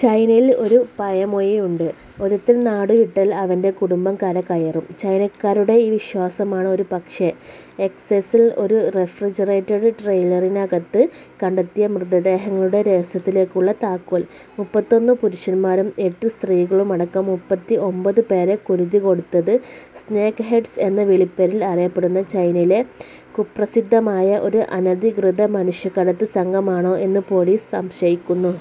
ചൈനയിൽ ഒരു പഴമൊഴിയുണ്ട്, " ഒരുത്തൻ നാടുവിട്ടാൽ, അവന്‍റെ കുടുംബം കരകയറും ". ചൈനക്കാരുടെ ഈ വിശ്വാസമാണ് ഒരുപക്ഷേ, എസ്സെക്സിൽ ഒരു റെഫ്രിജറേറ്റഡ് ട്രെയിലറിനകത്ത് കണ്ടെത്തിയ മൃതദേഹങ്ങളുടെ രഹസ്യത്തിലേക്കുള്ള താക്കോൽ. മുപ്പത്തൊന്നു പുരുഷന്മാരും എട്ട് സ്ത്രീകളുമടക്കം മൂപ്പത്തിഒമ്പത് പേരെ കുരുതികൊടുത്തത് ' സ്നേക്ക് ഹെഡ്സ് ' എന്ന വിളിപ്പേരിൽ അറിയപ്പെടുന്ന ചൈനയിലെ കുപ്രസിദ്ധമായ ഒരു അനധികൃത മനുഷ്യക്കടത്ത് സംഘമാണോ എന്ന് പൊലീസ് സംശയിക്കുന്നു.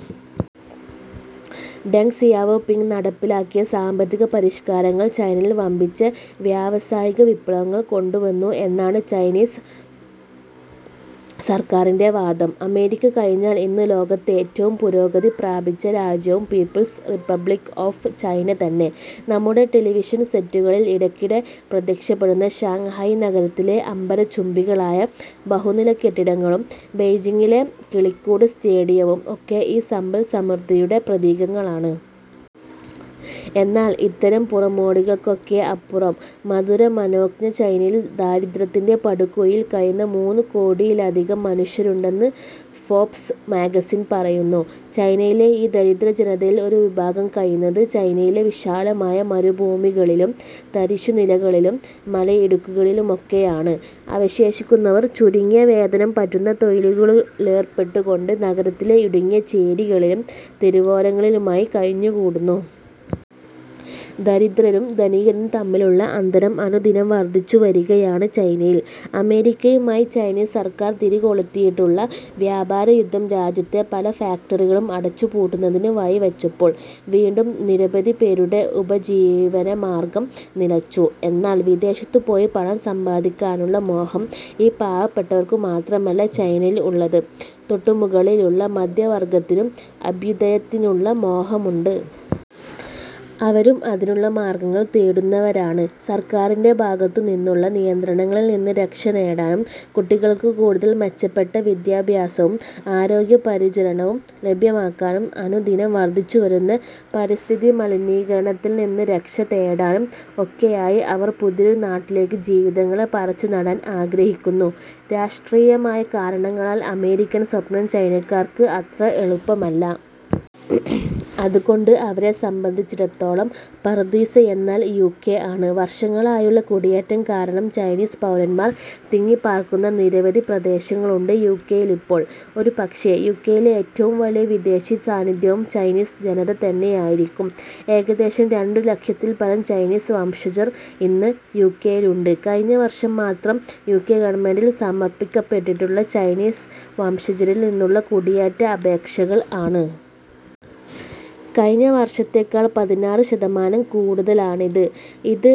ഡെങ് സിയാവോ പിങ്ങ് നടപ്പിലാക്കിയ സാമ്പത്തിക പരിഷ്കാരങ്ങൾ ചൈനയിൽ വമ്പിച്ച വ്യാവസായികവിപ്ലവങ്ങൾ കൊണ്ടുവന്നു എന്നാണ് ചൈനീസ് സർക്കാരിന്റെ വാദം. അമേരിക്ക കഴിഞ്ഞാൽ ഇന്ന് ലോകത്തേറ്റവും പുരോഗതി പ്രാപിച്ച രാജ്യവും പീപ്പിൾസ് റിപ്പബ്ലിക് ഓഫ് ചൈന തന്നെ. നമ്മുടെ ടെലിവിഷൻ സെറ്റുകളിൽ ഇടയ്ക്കിടെ പ്രത്യക്ഷപ്പെടുന്ന ഷാങ്ഹായി നഗരത്തിലെ അംബരചുംബികളായ ബഹുനിലക്കെട്ടിടങ്ങളും, ബെയ്ജിങ്ങിലെ ' കിളിക്കൂട് ' സ്റ്റേഡിയവും ഒക്കെ ഈ സമ്പൽസമൃദ്ധിയുടെ പ്രതീകങ്ങളാണ്. എന്നാൽ, ഇത്തരം പുറംമോടികൾക്കൊക്കെ അപ്പുറം, മധുരമനോജ്ഞ ചൈനയിൽ ദാരിദ്ര്യത്തിന്‍റെ പടുകുഴിയിൽ കഴിയുന്ന മൂന്നു കോടിയിലധികം മനുഷ്യരുണ്ടെന്ന് ഫോർബ്സ് മാഗസിൻ പറയുന്നു. ചൈനയിലെ ഈ ദരിദ്രജനതയിൽ ഒരു വിഭാഗം കഴിയുന്നത് ചൈനയിലെ വിശാലമായ മരുഭൂമികളിലും, തരിശുനിലങ്ങളിലും, മലയിടുക്കുകളിലുമൊക്കെയാണ്. അവശേഷിക്കുന്നവർ, ചുരുങ്ങിയവേതനം പറ്റുന്ന തൊഴിലുകളിലേർപ്പെട്ടുകൊണ്ട്, നഗരങ്ങളിലെ ഇടുങ്ങിയ ചേരികളിലും, തെരുവോരങ്ങളിലുമായി കഴിഞ്ഞുകൂടുന്നു. ദരിദ്രരും ധനികരും തമ്മിലുള്ള അന്തരം അനുദിനം വർദ്ധിച്ചുവരികയാണ് ചൈനയിൽ. അമേരിക്കയുമായി ചൈനീസ് സർക്കാർ തിരികൊളുത്തിയിട്ടുള്ള വ്യാപാരയുദ്ധം രാജ്യത്തെ പല ഫാക്ടറികളും അടച്ചു പൂട്ടുന്നതിന് വഴിവെച്ചപ്പോൾ വീണ്ടും നിരവധിപേരുടെ ഉപജീവനമാർഗം നിലച്ചു. എന്നാൽ, വിദേശത്തു പോയി പണം സമ്പാദിക്കാനുള്ള മോഹം ഈ പാവപ്പെട്ടവർക്കുമാത്രമല്ല ചൈനയിൽ ഉള്ളത്. തൊട്ടുമുകളിലുള്ള മധ്യവർഗ്ഗത്തിനും അഭ്യുദയത്തിനുള്ള മോഹമുണ്ട്. അവരും അതിനുള്ള മാർഗ്ഗങ്ങൾ തേടുന്നവരാണ്. സർക്കാരിന്റെ ഭാഗത്തുനിന്നുള്ള നിയന്ത്രണളിൽ നിന്ന് രക്ഷനേടാനും, കുട്ടികൾക്ക് കൂടുതൽ മെച്ചപ്പെട്ട വിദ്യാഭ്യാസവും ആരോഗ്യപരിചരണവും ലഭ്യമാക്കാനും, അനുദിനം വർധിച്ചുവരുന്ന പരിസ്ഥിതിമലിനീകരണത്തിൽ നിന്ന് രക്ഷതേടാനും ഒക്കെയായി അവർ പുതിയൊരു നാട്ടിലേക്ക് ജീവിതങ്ങളെ പറിച്ചുനടാൻ ആഗ്രഹിക്കുന്നു. രാഷ്ട്രീയമായ കാരണങ്ങളാൽ അമേരിക്കൻ സ്വപ്നം ചൈനക്കാർക്ക് അത്രയ്ക്ക് എളുപ്പമല്ല. അതുകൊണ്ട് അവരെ സംബന്ധിച്ചിടത്തോളം പറുദീസയെന്നാൽ യുകെ ആണ്. വർഷങ്ങളായുള്ള കുടിയേറ്റം കാരണം ചൈനീസ് പൗരന്മാർ തിങ്ങിപ്പാർക്കുന്ന നിരവധി പ്രദേശങ്ങളുണ്ട് യുകെയിലിപ്പോൾ. ഒരുപക്ഷേ, യുകെയിലെ ഏറ്റവും വലിയ വിദേശി സാന്നിദ്ധ്യവും ചൈനീസ് ജനത തന്നെയായിരിക്കും. ഏകദേശം രണ്ടുലക്ഷത്തിൽപരം ചൈനീസ് വംശജർ ഇന്ന് യുകെയിലുണ്ട്. കഴിഞ്ഞവർഷം മാത്രം യുകെ ഗവൺമെന്റിൽ സമർപ്പിക്കപ്പെട്ടിട്ടുള്ള ചൈനീസ് വംശജരിൽ നിന്നുള്ള കുടിയേറ്റ അപേക്ഷകൾ ആണ്. കഴിഞ്ഞ വർഷത്തെക്കാൾ പതിനാറ് ശതമാനം കൂടുതലാണിത്. ഇത്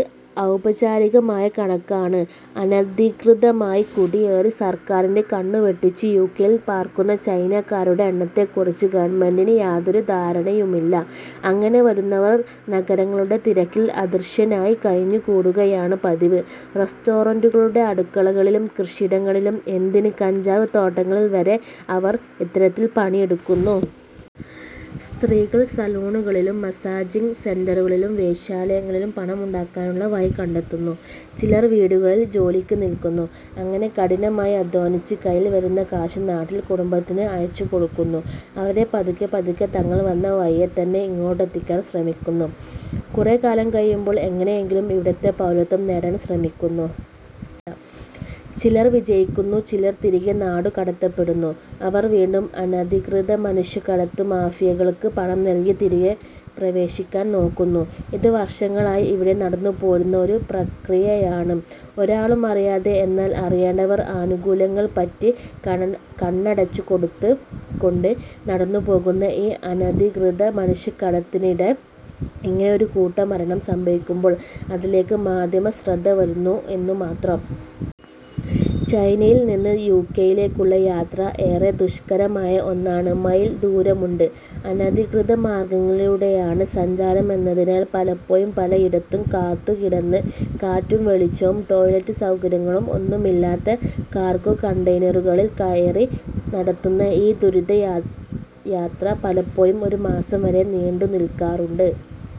ഔപചാരികമായ കണക്കാണ്. അനധികൃതമായി കുടിയേറി, സർക്കാരിന്റെ കണ്ണുവെട്ടിച്ച് യുകെയിൽ പാർക്കുന്ന ചൈനക്കാരുടെ എണ്ണത്തെക്കുറിച്ച് ഗവൺമെന്റിന് യാതൊരു ധാരണയുമില്ല. അങ്ങനെ വരുന്നവർ നഗരങ്ങളുടെ തിരക്കിൽ അദൃശ്യനായി കഴിഞ്ഞുകൂടുകയാണ് പതിവ്. റസ്റ്റോറന്‍റുകളുടെ അടുക്കളകളിലും, കൃഷിയിടങ്ങളിലും, എന്തിന് കഞ്ചാവ് തോട്ടങ്ങളിൽ വരെ അവർ ഇത്തരത്തിൽ പണിയെടുക്കുന്നു. സ്ത്രീകൾ സലൂണുകളിലും, മസാജിങ് സെന്‍ററുകളിലും, വേശ്യാലയങ്ങളിലും പണമുണ്ടാക്കാനുള്ള വഴികണ്ടെത്തുന്നു. ചിലർ വീടുകളിൽ ജോലിക്ക് നില്കുന്നു. അങ്ങനെ കഠിനമായി അദ്ധ്വാനിച്ച് കയ്യിൽ വരുന്ന കാശ് നാട്ടിൽ കുടുംബത്തിന് അയച്ചുകൊടുക്കുന്നു. അവരെ പതുക്കെപ്പതുക്കെ തങ്ങൾ വന്ന വഴിയേ തന്നെ ഇങ്ങോട്ടെത്തിക്കാൻ ശ്രമിക്കുന്നു. കുറേക്കാലം കഴിയുമ്പോൾ എങ്ങനെയെങ്കിലും ഇവിടത്തെ പൗരത്വം നേടാൻ ശ്രമിക്കുന്നു. ചിലർ വിജയിക്കുന്നു, ചിലർ തിരികെ നാടുകടത്തപ്പെടുന്നു, അവർ വീണ്ടും അനധികൃത മനുഷ്യക്കടത്തുമാഫിയകൾക്ക് പണം നൽകി തിരികെ പ്രവേശിക്കാൻ നോക്കുന്നു. ഇത് വർഷങ്ങളായി ഇവിടെ നടന്നുപോരുന്ന ഒരു പ്രക്രിയയാണ്. ഒരാളുമറിയാതെ, എന്നാൽ, അറിയേണ്ടവർ ആനുകൂല്യങ്ങൾ പറ്റി, കണ്ണടച്ചുകൊടുത്തുകൊണ്ട്, നടന്നുപോകുന്ന ഈ അനധികൃത മനുഷ്യക്കടത്തിനിടെ ഇങ്ങനെ ഒരു കൂട്ടമരണം സംഭവിക്കുമ്പോൾ അതിലേക്ക് മാധ്യമശ്രദ്ധ വരുന്നു എന്നുമാത്രം. ചൈനയിൽ നിന്ന് യുകെയിലേക്കുള്ള യാത്ര ഏറെ ദുഷ്കരമായ ഒന്നാണ്. മൈൽ ദൂരമുണ്ട്. അനധികൃതമാർഗ്ഗങ്ങളിലൂടെയാണ് സഞ്ചാരമെന്നതിനാൽ പലപ്പോഴും പലയിടത്തും കാത്തുകിടന്ന്, കാറ്റും വെളിച്ചവും, ടോയ്ലെറ്റ് സൗകര്യങ്ങളും ഒന്നുമില്ലാത്ത കാർഗോ കണ്ടെയ്നറുകളിൽ കയറി നടത്തുന്ന ഈ ദുരിതയാത്ര പലപ്പോഴും ഒരുമാസം വരെ നീണ്ടുനിൽക്കാറുണ്ട്.